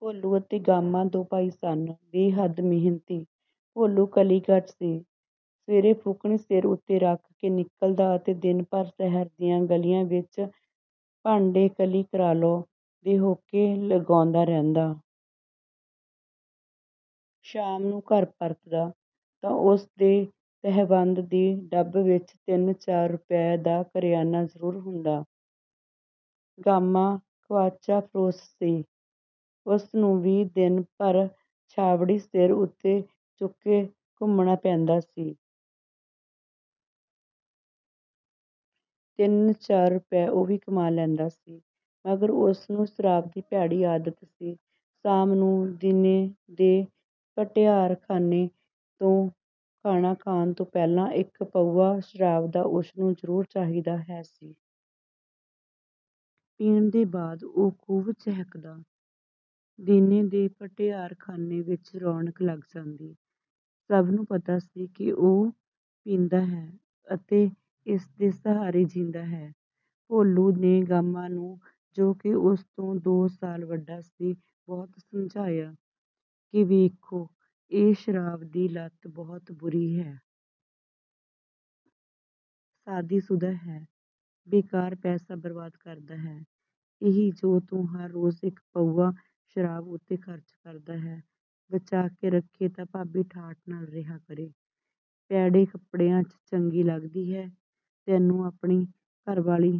ਭੋਲੂ ਅਤੇ ਗਾਮਾ ਦੋ ਭਾਈ ਸਨ। ਬੇਹੱਦ ਮਿਹਨਤੀ। ਭੋਲੂ ਕਲਈਗਰ ਸੀ। ਸਵੇਰੇ ਫੂਕਣੀ ਸਿਰ ਉੱਤੇ ਰੱਖ ਕੇ ਨਿਕਲਦਾ ਅਤੇ ਦਿਨ ਭਰ ਸ਼ਹਿਰ ਦੀਆਂ ਗਲੀਆਂ ਵਿੱਚ "ਭਾਂਡੇ ਕਲਈ ਕਰਾ ਲਓ" ਦੇ ਹੋਕੇ ਲਗਾਉਂਦਾ ਰਹਿੰਦਾ। ਸ਼ਾਮ ਨੂੰ ਘਰ ਪਰਤਦਾ ਤਾਂ ਉਸ ਦੇ ਤਹਿਬੰਦ ਦੀ ਡੱਬ ਵਿੱਚ ਤਿੰਨ ਚਾਰ ਰੁਪਏ ਦਾ ਕਰਿਆਨਾ ਜਰੂਰ ਹੁੰਦਾ। ਗਾਮਾ ਖ਼ਵਾਂਚਾ ਫ਼ਰੋਸ਼ ਸੀ। ਉਸ ਨੂੰ ਵੀ ਦਿਨ ਭਰ ਛਾਬੜੀ ਸਿਰ ਉੱਤੇ ਚੁੱਕੇ ਘੁੰਮਣਾ ਪੈਂਦਾ ਸੀ। ਤਿੰਨ ਚਾਰ ਰੁਪਏ ਉਹ ਵੀ ਕਮਾ ਲੈਂਦਾ ਸੀ। ਮਗਰ ਉਸ ਨੂੰ ਸ਼ਰਾਬ ਦੀ ਭੈੜੀ ਆਦਤ ਸੀ। ਸ਼ਾਮ ਨੂੰ ਦੀਨੇ ਦੇ ਭਟਿਆਰਖ਼ਾਨੇ ਤੋਂ ਖਾਣਾ ਖਾਣ ਤੋਂ ਪਹਿਲਾਂ ਇੱਕ ਪਊਆ ਸ਼ਰਾਬ ਦਾ ਉਸਨੂੰ ਜ਼ਰੂਰ ਚਾਹੀਦਾ ਹੈ ਸੀ। ਪੀਣ ਦੇ ਬਾਅਦ ਉਹ ਖ਼ੂਬ ਚਹਿਕਦਾ। ਦੀਨੇ ਦੇ ਭਟਿਆਰ ਖ਼ਾਨੇ ਵਿੱਚ ਰੌਣਕ ਲੱਗ ਜਾਂਦੀ। ਸਭ ਨੂੰ ਪਤਾ ਸੀ ਕਿ ਉਹ ਪੀਂਦਾ ਹੈ ਅਤੇ ਇਸ ਦੇ ਸਹਾਰੇ ਜੀਂਦਾ ਹੈ। ਭੋਲੂ ਨੇ ਗਾਮਾ ਨੂੰ ਜੋ ਕਿ ਉਸ ਤੋਂ ਦੋ ਸਾਲ ਵੱਡਾ ਸੀ ਬਹੁਤ ਸਮਝਾਇਆ ਕਿ ਵੇਖੋ ਇਹ ਸ਼ਰਾਬ ਦੀ ਲਤ ਬਹੁਤ ਬੁਰੀ ਹੈ। ਸ਼ਾਦੀਸ਼ੁਦਾ ਹੈਂ, ਬੇਕਾਰ ਪੈਸਾ ਬਰਬਾਦ ਕਰਦਾ ਹੈਂ। ਇਹੀ ਜੋ ਤੂੰ ਹਰ ਰੋਜ ਇੱਕ ਪਊਆ ਸ਼ਰਾਬ ਉੱਤੇ ਖ਼ਰਚ ਕਰਦਾ ਹੈਂ ਬਚਾ ਕੇ ਰੱਖੇਂ ਤਾਂ ਭਾਬੀ ਠਾਠ ਨਾਲ ਰਿਹਾ ਕਰੇ। ਪੈੜੇ ਕੱਪੜਿਆਂ ਚ ਚੰਗੀ ਲੱਗਦੀ ਹੈ ਤੈਨੂੰ ਆਪਣੀ ਘਰ ਵਾਲੀ।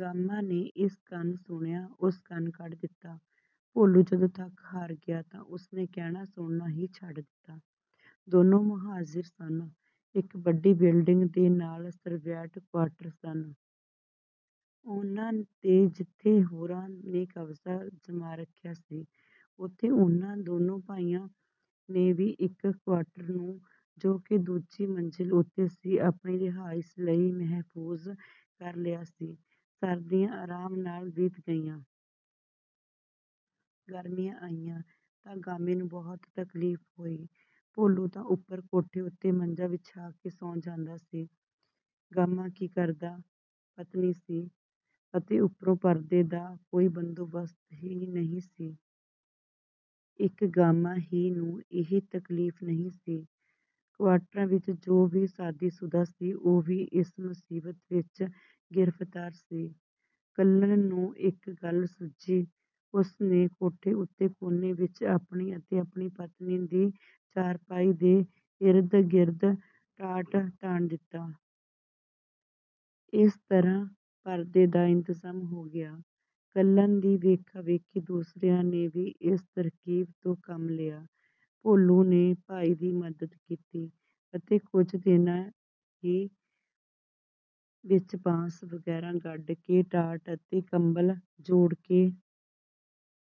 ਗਾਮਾ ਨੇ ਇਸ ਕੰਨ ਸੁਣਿਆ ਉਸ ਕੰਨ ਕੱਢ ਦਿੱਤਾ। ਭੋਲੂ ਜਦੋਂ ਥੱਕ ਹਾਰ ਗਿਆ ਤਾਂ ਉਸ ਨੇ ਕਹਿਣਾ ਸੁਣਨਾ ਹੀ ਛੱਡ ਦਿੱਤਾ। ਦੋਨੋਂ ਮੁਹਾਜਿਰ ਸਨ। ਇੱਕ ਵੱਡੀ ਬਿਲਡਿੰਗ ਦੇ ਨਾਲ ਸਰਵੈਂਟ ਕੁਆਟਰ ਸਨ। ਉਨ੍ਹਾਂ ਤੇ ਜਿੱਥੇ ਹੋਰਾਂ ਨੇ ਕਬਜਾ ਜਮਾ ਰੱਖਿਆ ਸੀ, ਉੱਥੇ ਉਨ੍ਹਾਂ ਦੋਨੋਂ ਭਾਈਆਂ ਨੇ ਵੀ ਇੱਕ ਕੁਆਟਰ ਨੂੰ ਜੋ ਕਿ ਦੂਜੀ ਮੰਜ਼ਿਲ ਉੱਤੇ ਸੀ ਆਪਣੀ ਰਿਹਾਇਸ਼ ਲਈ ਮਹਿਫ਼ੂਜ਼ ਕਰ ਲਿਆ ਸੀ। ਸਰਦੀਆਂ ਆਰਾਮ ਨਾਲ ਬੀਤ ਗਈਆਂ। ਗਰਮੀਆਂ ਆਈਆਂ ਤਾਂ ਗਾਮੇ ਨੂੰ ਬਹੁਤ ਤਕਲੀਫ ਹੋਈ। ਭੋਲੂ ਤਾਂ ਉੱਪਰ ਕੋਠੇ ਉੱਤੇ ਮੰਜਾ ਵਿਛਾ ਕੇ ਸੌਂ ਜਾਂਦਾ ਸੀ। ਗਾਮਾ ਕੀ ਕਰਦਾ। ਪਤਨੀ ਸੀ। ਅਤੇ ਉੱਪਰੋਂ ਪਰਦੇ ਦਾ ਕੋਈ ਬੰਦੋਬਸਤ ਹੀ ਨਹੀਂ ਸੀ। ਇੱਕ ਗਾਮਾ ਹੀ ਨੂੰ ਇਹ ਤਕਲੀਫ ਨਹੀਂ ਸੀ। ਕਵਾਟਰਾਂ ਵਿੱਚ ਜੋ ਵੀ ਸ਼ਾਦੀਸ਼ੁਦਾ ਸੀ ਉਹ ਵੀ ਇਸ ਮੁਸੀਬਤ ਵਿੱਚ ਗਿਰਫਤਾਰ ਸੀ। ਕੱਲਨ ਨੂੰ ਇੱਕ ਗੱਲ ਸੁੱਝੀ। ਉਸ ਨੇ ਕੋਠੇ ਉੱਤੇ ਕੋਨੇ ਵਿੱਚ ਆਪਣੀ ਅਤੇ ਆਪਣੀ ਪਤਨੀ ਦੀ ਚਾਰਪਾਈ ਦੇ ਇਰਦ ਗਿਰਦ ਟਾਟ ਤਾਣ ਦਿੱਤਾ। ਇਸ ਤਰ੍ਹਾਂ ਪਰਦੇ ਦਾ ਇੰਤਜ਼ਾਮ ਹੋ ਗਿਆ। ਕੱਲਨ ਦੀ ਵੇਖਾ ਵੇਖੀ ਦੂਸਰਿਆਂ ਨੇ ਵੀ ਇਸ ਤਰਕੀਬ ਤੋਂ ਕੰਮ ਲਿਆ। ਭੋਲੂ ਨੇ ਭਾਈ ਦੀ ਮਦਦ ਕੀਤੀ ਅਤੇ ਕੁਝ ਦਿਨਾਂ ਹੀ ਵਿੱਚ ਬਾਂਸ ਵਗ਼ੈਰਾ ਗੱਡ ਕੇ ਟਾਟ ਅਤੇ ਕੰਬਲ ਜੋੜ ਕੇ